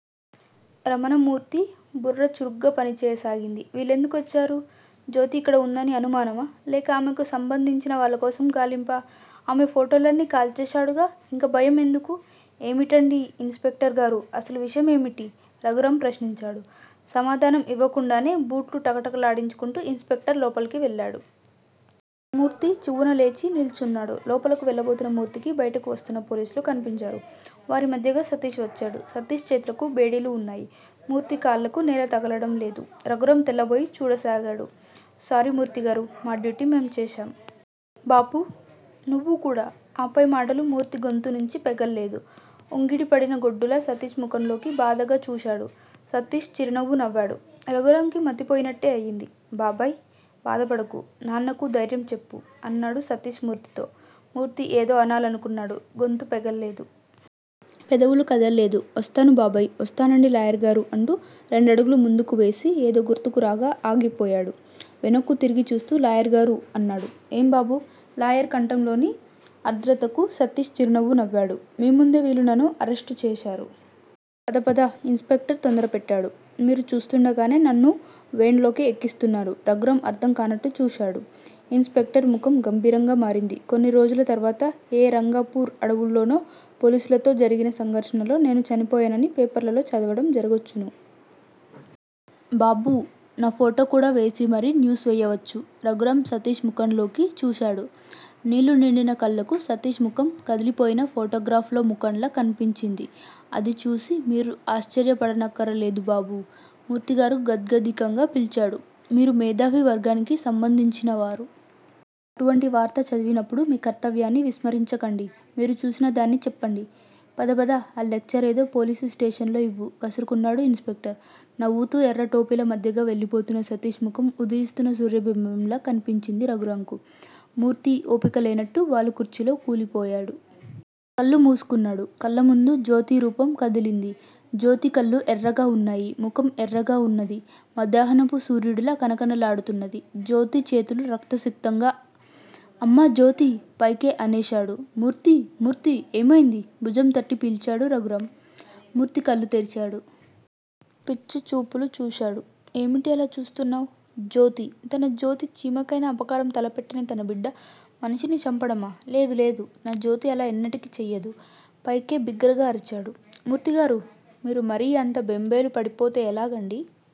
రమణమూర్తి బుర్ర చురుగ్గా పనిచేయసాగింది. వీళ్ళెందుకొచ్చారు? జ్యోతి ఇక్కడ వుందని అనుమానమా? లేక ఆమెకు సంబంధించిన వాళ్ళకోసం గాలింపా? ఆమె ఫోటోలన్నీ కాల్చేశాడుగా? ఇంకా భయం ఎందుకూ? ఏమిటండీ ఇన్ స్పెక్టర్ గారూ! అసలు విషయం ఏమిటి? రఘురాం ప్రశ్నించాడు. సమాధానం ఇవ్వకుండానే బూట్లు టకటకలాడించుకుంటూ ఇన్ స్పెక్టర్ లోపలికి వెళ్ళాడు. మూర్తి చివ్వున లేచి నిల్చున్నాడు. లోపలకు వెళ్ళబోతున్న మూర్తికి బయటకు వస్తున్న పోలీసులు కన్పించారు. వారి మధ్యగా సతీష్ వచ్చాడు. సతీష్ చేతులకు బేడీలు ఉన్నాయి. మూర్తి కాళ్ళకు నేల తగలడం లేదు. రఘురాం తెల్లబోయి చూడసాగాడు. సారీ మూర్తిగారూ! మా డ్యూటీ మేం చేశాం! బాపు! నువ్వు కూడా- ఆ పై మాటలు మూర్తి గొంతునుంచి పెగల్లేదు. ఉంగిడిపడిన గొడ్డులా సతీష్ ముఖంలోకి బాధగా చూశాడు. సతీష్ చిరునవ్వు నవ్వాడు. రఘురాంకి మతిపోయినట్టే అయింది. బాబాయ్! బాధపడకు! నాన్నకు ధైర్యం చెప్పు! అన్నాడు సతీష్ మూర్తితో. మూర్తి ఏదో అనాలనుకున్నాడు. గొంతు పెగల్లేదు. పెదవులు కదల్లేదు. వస్తాను బాబాయ్! వస్తానండీ లాయర్ గారూ! అంటూ రెండడుగులు ముందుకు వేసి ఏదో గుర్తుకు రాగా ఆగిపోయాడు. వెనక్కు తిరిగి చూస్తూ లాయర్ గారూ! అన్నాడు. ఏం బాబూ! లాయర్ కంఠంలోని ఆర్ద్రతకు సతీష్ చిరునవ్వు నవ్వాడు. మీ ముందే వీళ్లు నన్ను అరెస్టు చేశారు. పద పద! ఇన్ స్పెక్టర్ తొందరపెట్టాడు. మీరు చూస్తుండగానే నన్ను వేన్ లోకి ఎక్కిస్తున్నారు. రఘురాం అర్థం కానట్టు చూశాడు. ఇన్ స్పెక్టర్ ముఖం గంభీరంగా మారింది. కొన్ని రోజుల తర్వాత ఏ 'రంగాపూర్' అడవుల్లోనో పోలీసులతో జరిగిన సంఘర్షణలో నేను చనిపోయానని పేపర్లలో చదవడం జరగొచ్చును. బాబూ! నా ఫోటో కూడా వేసి మరీ న్యూస్ వెయ్యవచ్చు! రఘురాం సతీష్ ముఖంలోకి చూశాడు. నీళ్లు నిండిన కళ్ళకు సతీష్ ముఖం కదిలిపోయిన ఫోటోగ్రాఫ్ లో ముఖంలా కన్పించింది. అది చూసి మీరు ఆశ్చర్యపడనక్కరలేదు. బాబూ! మూర్తిగారు గాద్గదికంగా పిల్చాడు. మీరు మేధావి వర్గానికి సంబంధించిన వారు. అటువంటి వార్త చదివినప్పుడు మీ కర్తవ్యాన్ని విస్మరించకండి! మీరు చూసిన దాన్ని చెప్పండి. పద పద! ఆ లెక్చరేదో పోలీసుస్టేషన్ లో ఇవ్వు! కసురుకున్నాడు ఇన్ స్పెక్టర్. నవ్వుతూ ఎర్రటోపీల మధ్యగా వెళ్లిపోతున్న సతీష్ ముఖం ఉదయిస్తున్న సూర్యబింబంలా కన్పించింది రఘురాంకు. మూర్తి వోపికలేనట్టు వాలుకుర్చీలో కూలిపోయాడు. కళ్ళు మూసుకున్నాడు. కళ్ళముందు జ్యోతి రూపం కదిలింది. జ్యోతి కళ్ళు ఎర్రగా వున్నాయి. ముఖం ఎర్రగా వున్నది. మధ్యాహ్నపు సూర్యుడులా కణకణ లాడుతున్నది. జ్యోతి చేతులు రక్తసిక్తంగా- అమ్మా! జ్యోతీ! పైకే అనేశాడు. మూర్తీ! మూర్తీ! ఏమైంది? భుజం తట్టి పిల్చాడు రఘురాం. మూర్తి కళ్ళు తెరిచాడు. పిచ్చి చూపులు చూశాడు. ఏమిటి అలా చూస్తున్నావ్? జ్యోతి తన జ్యోతి చీమకైనా అపకారం తలపెట్టని తన బిడ్డ మనిషిని చంపడమా? లేదు. లేదు. నా జ్యోతి అలా ఎన్నటికీ చెయ్యదు. పైకే బిగ్గరగా అరిచాడు. మూర్తిగారూ! మీరు మరీ అంత బెంబేలు పడిపోతే ఎలాగండీ!